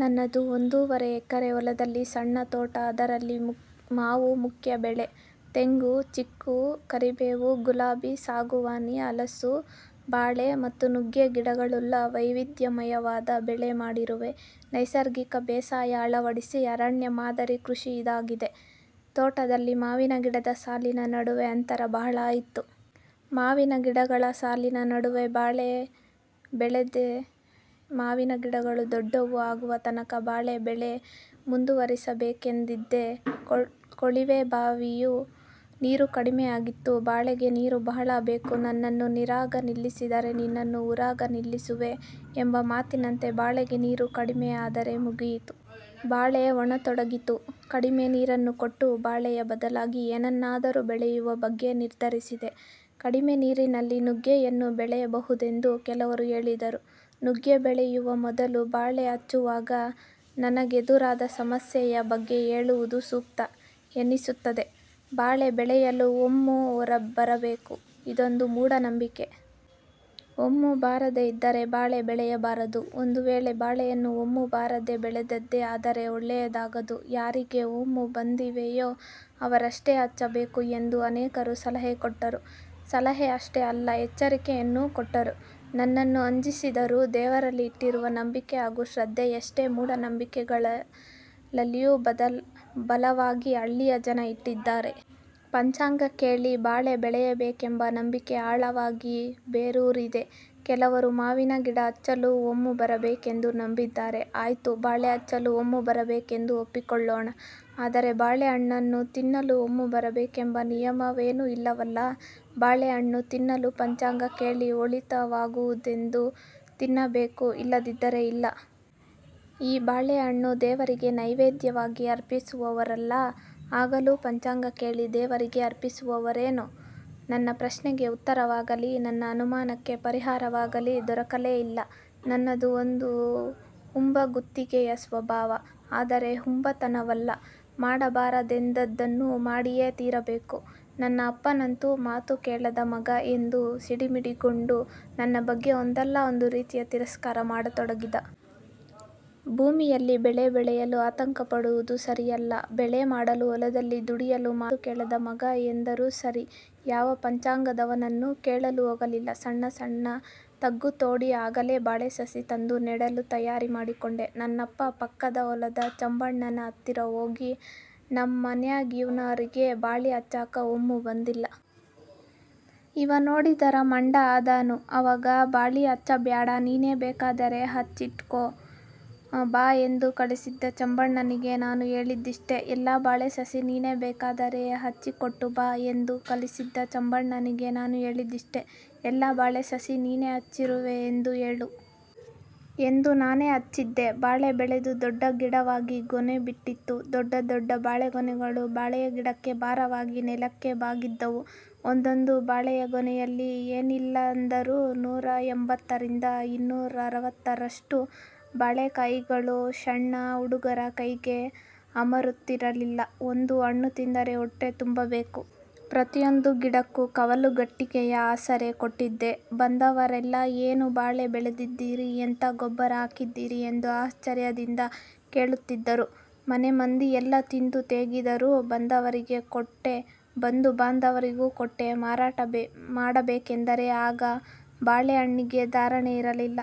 ನನ್ನದು ಒಂದೂವರೆ ಎಕರೆ ಹೊಲದಲ್ಲಿ ಸಣ್ಣ ತೋಟ. ಅದರಲ್ಲಿ ಮಾವು ಮುಖ್ಯ ಬೆಳೆ. ತೆಂಗು, ಚಿಕ್ಕು, ಕರಿಬೇವು, ಗುಲಾಬಿ, ಸಾಗುವಾನಿ, ಹಲಸು, ಬಾಳೆ ಮತ್ತು ನುಗ್ಗೆ ಗಿಡಗಳುಳ್ಳ ವೈವಿಧ್ಯಮಯವಾದ ಬೆಳೆ ಮಾಡಿರುವೆ. ನೈಸರ್ಗಿಕ ಬೇಸಾಯ ಅಳವಡಿಸಿ ಅರಣ್ಯ ಮಾದರಿ ಕೃಷಿ ಇದಾಗಿದೆ. ತೋಟದಲ್ಲಿ ಮಾವಿನ ಗಿಡದ ಸಾಲಿನ ನಡುವೆ ಅಂತರ ಬಹಳ ಇತ್ತು. ಮಾವಿನ ಗಿಡಗಳ ಸಾಲಿನ ನಡುವೆ ಬಾಳೆ ಬೆಳೆದೆ. ಮಾವಿನ ಗಿಡಗಳು ದೊಡ್ಡವು ಆಗುವ ತನಕ ಬಾಳೆ ಬೆಳೆ ಮುಂದುವರಿಸಬೇಕೆಂದಿದ್ದೆ. ಕೊಳಿವೆ ಬಾವಿಯ ನೀರು ಕಡಿಮೆ ಆಗಿತ್ತು. ಬಾಳೆಗೆ ನೀರು ಬಹಳ ಬೇಕು. "ನನ್ನನ್ನು ನೀರಾಗ ನಿಲ್ಲಿಸಿದರೆ ನಿನ್ನನ್ನು ಊರಾಗ ನಿಲ್ಲಿಸುವೆ" ಎಂಬ ಮಾತಿನಂತೆ ಬಾಳೆಗೆ ನೀರು ಕಡಿಮೆ ಆದರೆ ಮುಗಿಯಿತು. ಬಾಳೆ ಒಣಗತೊಡಗಿತು. ಕಡಿಮೆ ನೀರನ್ನು ಕೊಟ್ಟು ಬಾಳೆಯ ಬದಲಾಗಿ ಏನನ್ನಾದರೂ ಬೆಳೆಯುವ ಬಗ್ಗೆ ನಿರ್ಧರಿಸಿದೆ. ಕಡಿಮೆ ನೀರಿನಲ್ಲಿ ನುಗ್ಗೆಯನ್ನು ಬೆಳೆಯಬಹುದೆಂದು ಕೆಲವರು ಹೇಳಿದರು. ನುಗ್ಗೆ ಬೆಳೆಯುವ ಮೊದಲು ಬಾಳೆ ಹಚ್ಚುವಾಗ ನನಗೆದುರಾದ ಸಮಸ್ಯೆಯ ಬಗ್ಗೆ ಹೇಳುವುದು ಸೂಕ್ತ ಎನಿಸುತ್ತದೆ. ಬಾಳೆ ಬೆಳೆಯಲು 'ಒಮ್ಮು' ಬರಬೇಕು. ಇದೊಂದು ಮೂಢನಂಬಿಕೆ. ಒಮ್ಮು ಬಾರದೇ ಇದ್ದರೆ ಬಾಳೆ ಬೆಳೆಯಬಾರದು. ಒಂದು ವೇಳೆ ಬಾಳೆಯನ್ನು ಒಮ್ಮು ಬಾರದೆ ಬೆಳೆದದ್ದೇ ಆದರೆ ಒಳ್ಳೆಯದಾಗದು. ಯಾರಿಗೆ ಒಮ್ಮು ಬಂದಿವೆಯೋ ಅವರಷ್ಟೇ ಹಚ್ಚಬೇಕು ಎಂದು ಅನೇಕರು ಸಲಹೆ ಕೊಟ್ಟರು. ಸಲಹೆ ಅಷ್ಟೇ ಅಲ್ಲ ಎಚ್ಚರಿಕೆಯನ್ನೂ ಕೊಟ್ಟರು. ನನ್ನನ್ನು ಅಂಜಿಸಿದರು. ದೇವರಲ್ಲಿ ಇಟ್ಟಿರುವ ನಂಬಿಕೆ ಹಾಗೂ ಶ್ರದ್ಧೆಯಷ್ಟೇ ಮೂಢನಂಬಿಕೆಗಳಲ್ಲೂ ಬಲವಾಗಿ ಹಳ್ಳಿಯ ಜನ ಇಟ್ಟಿದ್ದಾರೆ. ಪಂಚಾಂಗ ಕೇಳಿ ಬಾಳೆ ಬೆಳೆಯಬೇಕೆಂಬ ನಂಬಿಕೆ ಆಳವಾಗಿ ಬೇರೂರಿದೆ. ಕೆಲವರು ಮಾವಿನಗಿಡ ಹಚ್ಚಲೂ ಒಮ್ಮು ಬರಬೇಕೆಂದು ನಂಬಿದ್ದಾರೆ. ಆಯ್ತು ಬಾಳೆ ಹಚ್ಚಲು ಒಮ್ಮು ಬರಬೇಕೆಂದು ಒಪ್ಪಿಕೊಳ್ಳೋಣ. ಆದರೆ ಬಾಳೆ ಹಣ್ಣನ್ನು ತಿನ್ನಲು ಒಮ್ಮು ಬರಬೇಕೆಂಬ ನಿಯಮವೇನೂ ಇಲ್ಲವಲ್ಲ. ಬಾಳೆಹಣ್ಣು ತಿನ್ನಲು ಪಂಚಾಂಗ ಕೇಳಿ ಒಳಿತಾಗುವುದೆಂದರೆ ತಿನ್ನಬೇಕು ಇಲ್ಲದಿದ್ದರೆ ಇಲ್ಲ. ಈ ಬಾಳೆಹಣ್ಣು ದೇವರಿಗೆ ನೈವೇಧ್ಯವಾಗಿ ಅರ್ಪಿಸುವರಲ್ಲ. ಆಗಲೂ ಪಂಚಾಂಗ ಕೇಳಿ ದೇವರಿಗೆ ಅರ್ಪಿಸುವರೋ? ನನ್ನ ಪ್ರಶ್ನೆಗೆ ಉತ್ತರವಾಗಲಿ, ನನ್ನ ಅನುಮಾನಕ್ಕೆ ಪರಿಹಾರವಾಗಲೀ ದೊರಕಲೇ ಇಲ್ಲ. ನನ್ನದು ಒಂದು ಹುಂಬಗುತ್ತಿಗೆಯ ಸ್ವಭಾವ. ಆದರೆ ಹುಂಬತನವಲ್ಲ. ಮಾಡಬಾರದೆಂದದ್ದನ್ನು ಮಾಡಿಯೇ ತೀರಬೇಕು. ನನ್ನ ಅಪ್ಪನಂತೂ 'ಮಾತು ಕೇಳದ ಮಗ' ಎಂದು ಸಿಡಿಮಿಡಿಗೊಂಡು ನನ್ನ ಬಗ್ಗೆ ಒಂದಲ್ಲಾ ಒಂದು ರೀತಿಯ ತಿರಸ್ಕಾರ ಮಾಡತೊಡಗಿದ. ಭೂಮಿಯಲ್ಲಿ ಬೆಳೆ ಬೆಳೆಯಲು ಆತಂಕಪಡುವುದು ಸರಿಯಲ್ಲ. ಬೆಳೆ ಮಾಡಲು ಹೊಲದಲ್ಲಿ ದುಡಿಯಲು ಮಾತು ಕೇಳದ ಮಗ ಎಂದರೂ ಸರಿ. ಯಾವ ಪಂಚಾಂಗದವನನ್ನು ಕೇಳಲು ಹೋಗಲಿಲ್ಲ. ಸಣ್ಣ ಸಣ್ಣ ತಗ್ಗು ತೋಡಿ ಆಗಲೇ ಬಾಳೆ ಸಸಿ ತಂದು ನೆಡಲು ತಯಾರಿ ಮಾಡಿಕೊಂಡೆ. ನನ್ನಪ್ಪ ಪಕ್ಕದ ಹೊಲದ ಚಂಬಣ್ಣನ ಹತ್ತಿರ ಹೋಗಿ, 'ನಮ್ಮ ಮನ್ಯಾಗಿನ್ಯಾವರಿಗೆ ಬಾಳಿ ಹಚ್ಚಾಕ ಒಮ್ಮು ಬಂದಿಲ್ಲಾ. ಇವ ನೋಡಿದರ ಮಂಡ ಅದಾನು. ಅಂವಗ ಬಾಳಿ ಹಚ್ಚಬ್ಯಾಡನ್ನು ನೀನೇ ಬೇಕಾದರೆ ಹಚ್ಚ್ ಇಕೊಟ್ಟು ಬಾ ಎಂದು ಕಳಿಸಿದ್ಧ. ಚಂಬಣ್ಣನಿಗೆ ನಾನು ಹೇಳಿದ್ದಿಷ್ಟೇ. ಎಲ್ಲಾ ಬಾಳೆ ಸಸಿ ನೀನೇ ಬೇಕಾದರೆ ಹಚ್ಚಿಕೊಟ್ಟು ಬಾ ಎಂದು ಕಳಿಸಿದ್ದ. ಚಂಬಣ್ಣನಿಗೆ ನಾನು ಹೇಳಿದ್ದಿಷ್ಟೇ. ಎಲ್ಲಾ ಬಾಳೆ ಸಸಿ ನೀನೇ ಹಚ್ಚಿರುವೆನೆಂದು ಹೇಳು. ಎಂದು ನಾನೇ ಹಚ್ಚಿದ್ದೆ. ಬಾಳೆ ಬೆಳೆದು ದೊಡ್ಡ ಗಿಡವಾಗಿ ಗೊನೆ ಬಿಟ್ಟಿತ್ತು. ದೊಡ್ಡ ದೊಡ್ಡ ಬಾಳೆಗೊನೆಗಳು ಬಾಳೆಯ ಗಿಡಕ್ಕೆ ಭಾರವಾಗಿ ನೆಲಕ್ಕೆ ಬಾಗಿದ್ದವು. ಒಂದೊಂದು ಬಾಳೆಯ ಗೊನೆಯಲ್ಲಿ ಏನಿಲ್ಲೆಂದರೂ ನೂರ ಎಂಭತ್ತರಿಂದ ಇನ್ನೂರರವತ್ತರಷ್ಟು ಬಾಳೆಕಾಯಿಗಳು. ಶಣ್ಣ ಹುಡುಗರ ಕೈಗೆ ಅಮರುತ್ತಿರಲಿಲ್ಲ. ಒಂದು ಹಣ್ಣುತಿಂದರೆ ಹೊಟ್ಟೆ ತುಂಬಬೇಕು. ಪ್ರತಿಯೊಂದು ಗಿಡಕ್ಕೂ ಕವಲುಗಟ್ಟಿಗೆಯ ಆಸರೆ ಕೊಟ್ಟಿದ್ದೆ. ಬಂದವರೆಲ್ಲಾ ಏನು ಬಾಳೆ ಬೆಳೆದಿದೀರಿ ಎಂಥಾ ಗೊಬ್ಬರ ಹಾಕಿದೀರಿ ಎಂದು ಆಶ್ಚರ್ಯದಿಂದ ಕೇಳುತ್ತಿದ್ದರು. ಮನೆಮಂದಿಯೆಲ್ಲಾ ತಿಂದು ತೇಗಿದರು. ಬಂದವರಿಗೆ ಕೊಟ್ಟೆ, ಬಂಧು ಬಾಂಧವರಿಗೂ ಕೊಟ್ಟೆ, ಮಾರಾಟ ಮಾಡಬೇಕೆಂದರೆ ಆಗ ಬಾಳೆ ಹಣ್ಣಿಗೆ ಧಾರಣೆ ಇರಲಿಲ್ಲ.